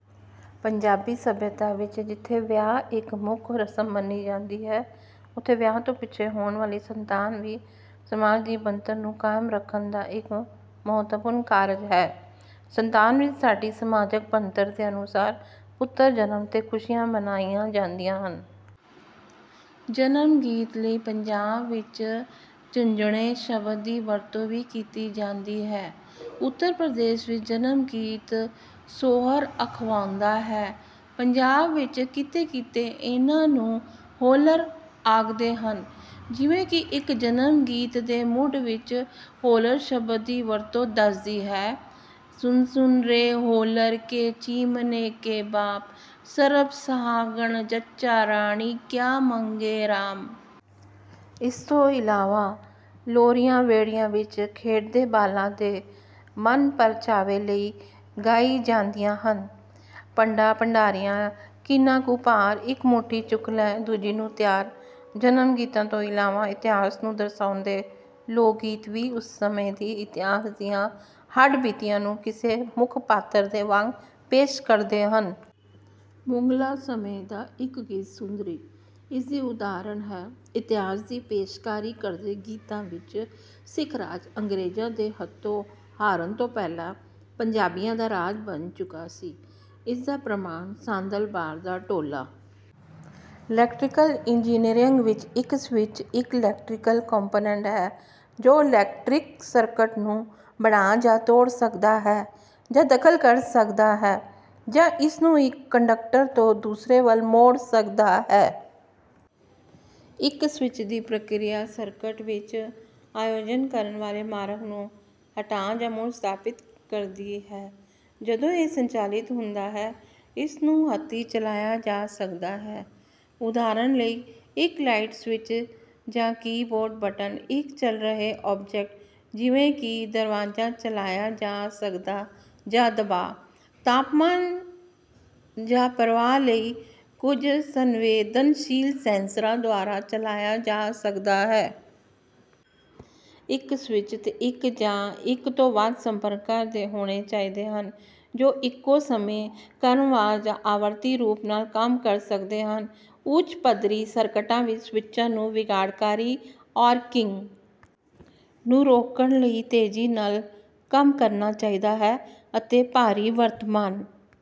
ਪੰਜਾਬੀ ਸੱਭਿਅਤਾ ਵਿੱਚ ਜਿੱਥੇ ਵਿਆਹ ਇੱਕ ਮੁੱਖ ਰਸਮ ਮੰਨੀ ਜਾਂਦੀ ਹੈ, ਉੱਥੇ ਵਿਆਹ ਤੋਂ ਪਿੱਛੋਂ ਹੋਣ ਵਾਲੀ ਸੰਤਾਨ ਵੀ ਸਮਾਜ ਦੀ ਬਣਤਰ ਨੂੰ ਕਾਇਮ ਰੱਖਣ ਦਾ ਇੱਕ ਮਹੱਤਵਪੂਰਨ ਕਾਰਜ ਹੈ। ਸੰਤਾਨ ਵਿੱਚ ਸਾਡੀ ਸਮਾਜਕ ਬਣਤਰ ਦੇ ਅਨੁਸਾਰ ਪੁੱਤਰ ਜਨਮ ਤੇ ਖੁਸ਼ੀਆਂ ਮਨਾਈਆਂ ਜਾਂਦੀਆਂ ਹਨ। ਜਨਮ ਗੀਤ ਲਈ ਪੰਜਾਬ ਵਿੱਚ 'ਝੁੰਜਣੇ' ਸ਼ਬਦ ਦੀ ਵਰਤੋਂ ਵੀ ਕੀਤੀ ਜਾਂਦੀ ਹੈ। ਉੱਤਰ ਪ੍ਰਦੇਸ਼ ਵਿੱਚ ਜਨਮ ਗੀਤ 'ਸੋਹਰ' ਅਖਵਾਉਂਦਾ ਹੈ। ਪੰਜਾਬ ਵਿੱਚ ਕਿਤੇ ਕਿਤੇ ਇਨ੍ਹਾਂ ਨੂੰ 'ਹੋਲਰ' ਆਖਦੇ ਹਨ, ਜਿਵੇਂ ਕਿ ਇੱਕ ਜਨਮ ਗੀਤ ਦੇ ਮੁੱਢ ਵਿੱਚ ਹੋਲਰ ਸ਼ਬਦ ਦੀ ਵਰਤੋਂ ਦੱਸਦੀ ਹੈ: ਸੁਣ ਸੁਣ ਰੇ ਹੋਲਰ ਕੇ ਚਿਮਨੇ ਕੇ ਬਾਪ, ਸਰਬ ਸਹਾਗਣ ਜੱਚਾ ਰਾਣੀ, ਕਿਆ ਮੰਗੇ ਰਾਮ। ਇਸ ਤੋਂ ਇਲਾਵਾ ਲੋਰੀਆਂ ਵਿਹੜਿਆਂ ਵਿੱਚ ਖੇਡਦੇ ਬਾਲਾਂ ਦੇ ਮਨਪਰਚਾਵੇ ਲਈ ਗਾਈ ਜਾਂਦੀਆਂ ਹਨ। ਭੰਡਾ ਭੰਡਾਰੀਆ ਕਿੰਨਾਂ ਕੁ ਭਾਰ, ਇੱਕ ਮੁੱਠੀ ਚੁੱਕ ਲੈ ਦੂਜੀ ਨੂੰ ਤਿਆਰ। ਜਨਮ ਗੀਤਾਂ ਤੋਂ ਇਲਾਵਾ ਇਤਿਹਾਸ ਨੂੰ ਦਰਸਾਉਂਦੇ ਲੋਕ ਗੀਤ ਵੀ ਉਸ ਸਮੇਂ ਦੇ ਇਤਿਹਾਸ ਦੀਆਂ ਹੱਡ ਬੀਤੀਆਂ ਨੂੰ ਕਿਸੇ ਮੁੱਖ ਪਾਤਰ ਦੇ ਵਾਂਗ ਪੇਸ਼ ਕਰਦੇ ਹਨ। ਮੁਗਲਾਂ ਸਮੇਂ ਦਾ ਇੱਕ ਗੀਤ 'ਸੁੰਦਰੀ' ਇਸ ਦੀ ਉਦਾਹਰਨ ਹੈ। ਇਤਿਹਾਸ ਦੀ ਪੇਸ਼ਕਾਰੀ ਕਰਦੇ ਗੀਤਾਂ ਵਿੱਚ ਸਿੱਖ ਰਾਜ ਅੰਗਰੇਜ਼ਾਂ ਦੇ ਹੱਥੋਂ ਹਾਰਨ ਤੋਂ ਪਹਿਲਾਂ ਪੰਜਾਬੀਆਂ ਦਾ ਰਾਜ ਬਣ ਚੁੱਕਾ ਸੀ। ਇਸ ਦਾ ਪ੍ਰਮਾਣ ਸਾਂਦਲ ਬਾਰ ਦਾ ਢੋਲਾ। ਇਲੈਕਟ੍ਰੀਕਲ ਇੰਜੀਨੀਅਰਿੰਗ ਵਿੱਚ, ਇੱਕ ਸਵਿੱਚ ਇੱਕ ਇਲੈਕਟ੍ਰੀਕਲ ਕੰਪੋਨੈਂਟ ਹੈ ਜੋ ਇਲੈਕਟ੍ਰਿਕ ਸਰਕਟ ਨੂੰ "ਬਣਾ" ਜਾਂ "ਤੋੜ" ਸਕਦਾ ਹੈ, ਜਾਂ ਦਖਲ ਕਰ ਸਕਦਾ ਹੈ ਜਾਂ ਇਸ ਨੂੰ ਇੱਕ ਕੰਡਕਟਰ ਤੋਂ ਦੂਸਰੇ ਵੱਲ ਮੋੜ ਸਕਦਾ ਹੈ। ਇੱਕ ਸਵਿੱਚ ਦੀ ਪ੍ਰਕਿਰਿਆ, ਸਰਕਟ ਵਿੱਚ ਆਯੋਜਨ ਕਰਨ ਵਾਲੇ ਮਾਰਗ ਨੂੰ ਹਟਾ ਜਾਂ ਮੁੜ ਸਥਾਪਿਤ ਕਰਦੀ ਹੈ ਜਦੋਂ ਇਹ ਸੰਚਾਲਿਤ ਹੁੰਦਾ ਹੈ। ਇਸ ਨੂੰ ਹੱਥੀਂ ਚਲਾਇਆ ਜਾ ਸਕਦਾ ਹੈ, ਉਦਾਹਰਨ ਲਈ, ਇੱਕ ਲਾਈਟ ਸਵਿੱਚ ਜਾਂ ਕੀਬੋਰਡ ਬਟਨ, ਇੱਕ ਚਲ ਰਹੇ ਆਬਜੈਕਟ ਜਿਵੇਂ ਕਿ ਦਰਵਾਜ਼ਾ ਚਲਾਇਆ ਜਾ ਸਕਦਾ ਜਾਂ ਦਬਾਅ, ਤਾਪਮਾਨ ਜਾਂ ਪ੍ਰਵਾਹ ਲਈ ਕੁਝ ਸੰਵੇਦਨਸ਼ੀਲ ਸੈਂਸਰਾਂ ਦੁਆਰਾ ਚਲਾਇਆ ਜਾ ਸਕਦਾ ਹੈ। ਇੱਕ ਸਵਿੱਚ ਤੇ ਇੱਕ ਜਾਂ ਇੱਕ ਤੋਂ ਵੱਧ ਸੰਪਰਕਾਂ ਦੇ ਹੋਣੇ ਚਾਹੀਦੇ ਹਨ, ਜੋ ਇੱਕੋ ਸਮੇਂ, ਕ੍ਰਮਵਾਰ ਜਾਂ ਆਵਰਤੀ ਰੂਪ ਨਾਲ ਕੰਮ ਕਰ ਸਕਦੇ ਹਨ। ਉੱਚ ਪੱਧਰੀ ਸਰਕਟਾਂ ਵਿੱਚ ਸਵਿੱਚਾਂ ਨੂੰ ਵਿਗਾੜਕਾਰੀ ਆਰਕਿੰਗ ਨੂੰ ਰੋਕਣ ਲਈ ਤੇਜ਼ੀ ਨਾਲ ਕੰਮ ਕਰਨਾ ਚਾਹੀਦਾ ਹੈ, ਅਤੇ ਭਾਰੀ ਵਰਤਮਾਨ